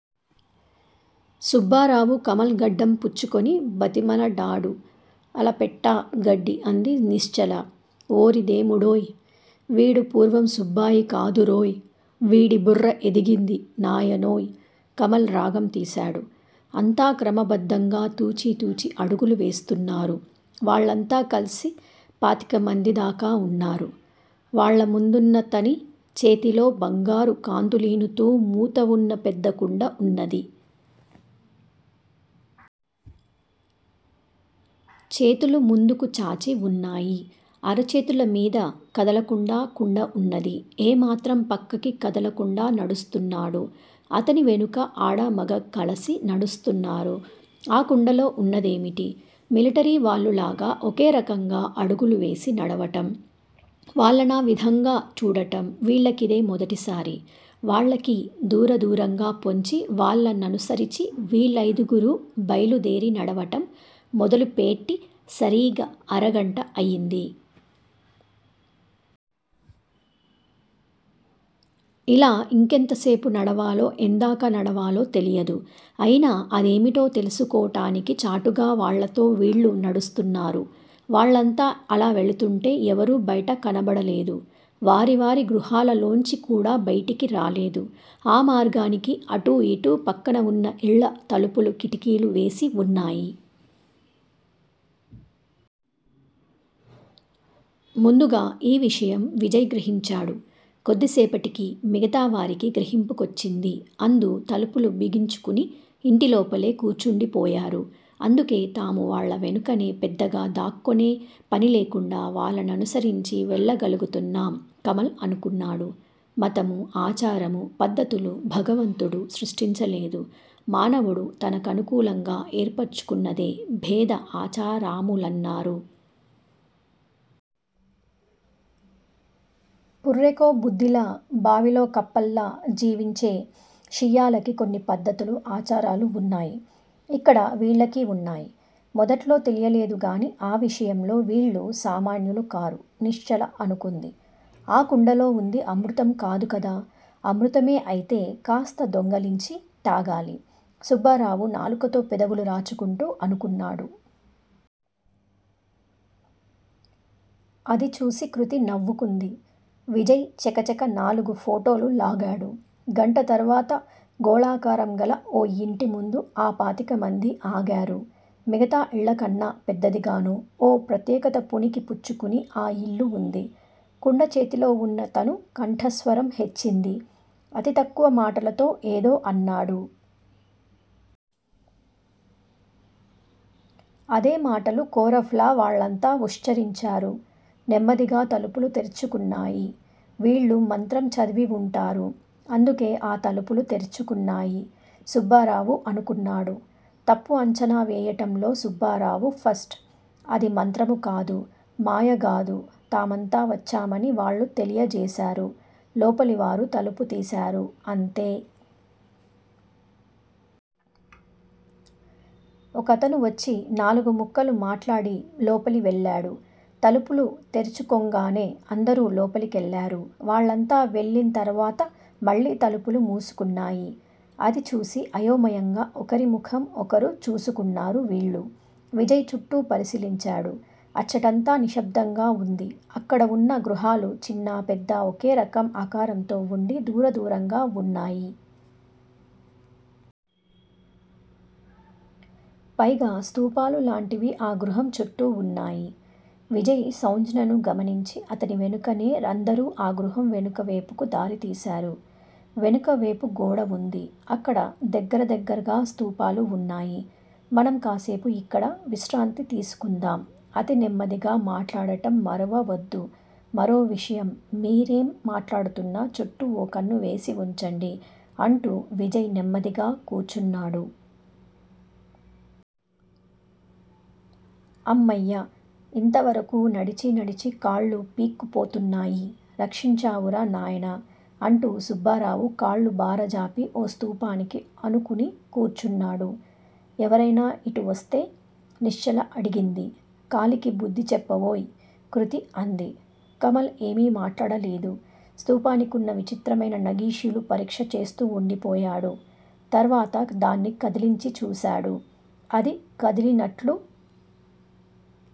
సుబ్బారావు కమల్ గడ్డం పుచ్చుకొని బతిమలడాడు. అల పెట్టా గడ్డి అంది నిశ్చల. ఓరిదేముడోయ్, వీడు పూర్వం సుబ్బాయి కాదురోయ్, వీడి బుర్ర ఎదిగింది నాయనోయ్ కమల్ రాగం తీశాడు. అంతా క్రమబద్దంగా తూచి తూచి అడుగులు వేస్తున్నారు. వాళ్ళంతా కల్సి పాతికమందిదాకా ఉన్నారు. వాళ్ళ ముందున్నతని చేతిలో బంగారు కాంతులీనుతూ మూతవున్న పెద్ద కుండ ఉన్నది. చేతులు ముందుకుచాచి వున్నాయి. అరచేతులమీద కదలకుండా కుండఉన్నది ఏ మాత్రం పక్కకి కదలకుండా నడుస్తున్నాడు. అతని వెనుక ఆడమగ కలసి నడుస్తున్నారు. అ కుండలో ఉన్నదేమిటి? మిలటరీ వాళ్ళులాగా ఒకే రకంగా అడుగులు వేసి నడవటం, వాళ్ళనా విధంగా చూడటం, వీళ్ళకిదే మొదటిసారి. వాళ్ళకి దూర దూరంగా పొంచి వాళ్ళ ననుసరిచి వీళ్ళయిదుగురూ బైలుదేరి నడవటం మొదలుపేట్టి సరీగ అరగంట అయింది. ఇలా ఇంకెంతసేపు నడవాలో ఎందాకా నడవాలో తెలియదు. అయినా అదేమిటో తెలుసుకోటానికి చాటుగా వాళ్ళతో వీళ్ళూ నడుస్తున్నారు. వాళ్ళంతా అలావెళుతుంటే ఎవరూ బైట కనబడలేదు. వారి వారి గృహాలలోంచికూడా బైటికి రాలేదు. ఆ మార్గానికి అటూ ఇటూ పక్కనవున్న ఇళ్ళ తలుపులు కిటికీలు వేసి వున్నాయి. ముందుగా ఈ విషయం విజయ్ గ్రహించాడు. కొద్దిసేపటికి మిగతావారికి గ్రహింపు కొచ్చింది అందూ తలుపులు బిగించుకుని ఇంటిలోపలే కూర్చుండిపోయారు. అందుకే తాము వాళ్ళ వెనుకనే పెద్దగా దాక్కోనే పనిలేకుండా వాళ్ళననుసరించి వెళ్ళగలుగుతున్నాం కమల్ అనుకున్నాడు. మతము, ఆచారము పద్దతులు భగవంతుడు సృష్టించలేదు. మానవుడు తనకు కనుకూలంగా ఏర్పరుచుకున్నదే భేద ఆచారాములన్నారు. పుర్రెకో బుద్ది లా, బావిలో కప్పల్లా జీవించే షియ్యాలకి కొన్ని పద్దతులు ఆచారాలు వున్నాయి. ఇక్కడ వీళ్ళకివున్నాయి. మొదట్లో తెలియలేదుగాని ఆ విషయంలో వీళ్ళూ సామాన్యులు కారు నిశ్చల అనుకుంది. ఆ కుండలో ఉంది అమృతం కాదు కదా! అమృతమే అయితే కాస్త దొంగలించి తాగాలి సుబ్బారావు నాలుకతో పెదవులు రాచుకుంటూ అనుకున్నాడు. అది చూసి కృతి నవ్వుకుంది. విజయ్ చకచక నాలుగు ఫోటోలు లాగాడు. గంట తర్వాత గోళాకారంగల ఓ యింటిముందు ఆపాతికమందీ ఆగారు. మిగతా ఇళ్ళకన్నా పెద్దదిగాను ఓ ప్రత్యెకతపుణికి పుచ్చుకుని ఆ యిల్లు ఉంది. కుండ చేతులోవున్న తను కంఠస్వరం హెచ్చింది. అతి తక్కువ మాటలతో ఏదో అన్నాడు. అదే మాటలు కోరఫ్ లా వాళ్ళంతా వుశ్చరించారు. నెమ్మదిగా తలుపులు తెరుచుకున్నాయి. వీళ్ళు మంత్రం చదివి వుంటారు. అందుకే ఆ తలుపులు తెరుచుకున్నాయి సుబ్బారావు అనుకున్నాడు. తప్పు అంచనా వేయటంలో సుబ్బారావు ఫస్ట్. అది మంత్రము కాదు మాయగాదు. తామంతావచ్చామని వాళ్ళు తెలియ జేశారు. లోపలి వారు తలుపు తీశారు అంతే. ఒకతను వచ్చి నాలుగుముక్కలు మాట్లాడి లోపలి వెళ్ళాడు. తలుపులు తెరుచుకొంగానే అందరూ లోపలికెళ్ళారు. వాళ్ళంతా వెళ్ళింతరువాత మళ్ళీతలుపులు మూసుకున్నాయి. అది చూసి అయోమయంగా ఒకరిముఖం ఒకరు చూసుకున్నారు వీళ్ళు. విజయ్ చుట్టూపరిశీలించాడు, అచ్చటంతా నిశ్శబ్దంగా వుంది. అక్కడవున్న గృహాలు చిన్నా పెద్దా ఒకేరకం ఆకారంతో వుండి దూరదూరంగా వున్నాయి. పైగా స్థూపాలు లాంటివి ఆ గృహం చుట్టూ ఉన్నాయి. విజయ్ సౌంజ్ఞను గమనించి అతనివెనుకనేఅందరూ అగృహంవెనుక వేపుకు దారితీశారు. వెనుక వేపుగోడవుంది. అక్కడ దగ్గర దగ్గరగా స్థూపాలు వున్నాయి. మనం కాసేపు యిక్కడ విశ్రాంతి తీసుకుందాం అతినేమ్మదిగా మాట్లాడటం మరవవద్దు మరో విషయం మీరేం మాట్లాడుతున్నా చుట్టూ ఓకన్ను వేసి వుంచండి అంటూ విజయ్ నెమ్మదిగా కూర్చున్నాడు. అమ్మయ్య! ఇంతవరకూ నడిచినడిచికాళ్ళు పీక్కుపోతున్నాయి. రక్షించావురా నాయనా! అంటూ సుబ్బారావు కాళ్ళు బారజాపి ఓ స్థూపానికి అనుకుని కూర్చున్నాడు. ఎవరైనా ఇటు వస్తే! నిశ్చల అడిగింది. కాలికి బుద్ధిచెప్పవోయ్! కృతి అంది. కమల్ ఏమీ మాట్లాడలేదు స్థూపానికున్న విచిత్రమైన నగిషీలు పరీక్ష చేస్తూవుండిపోయాడు. తర్వాత దాన్ని కదిలించిచూశాడు. అది కదిలినట్లు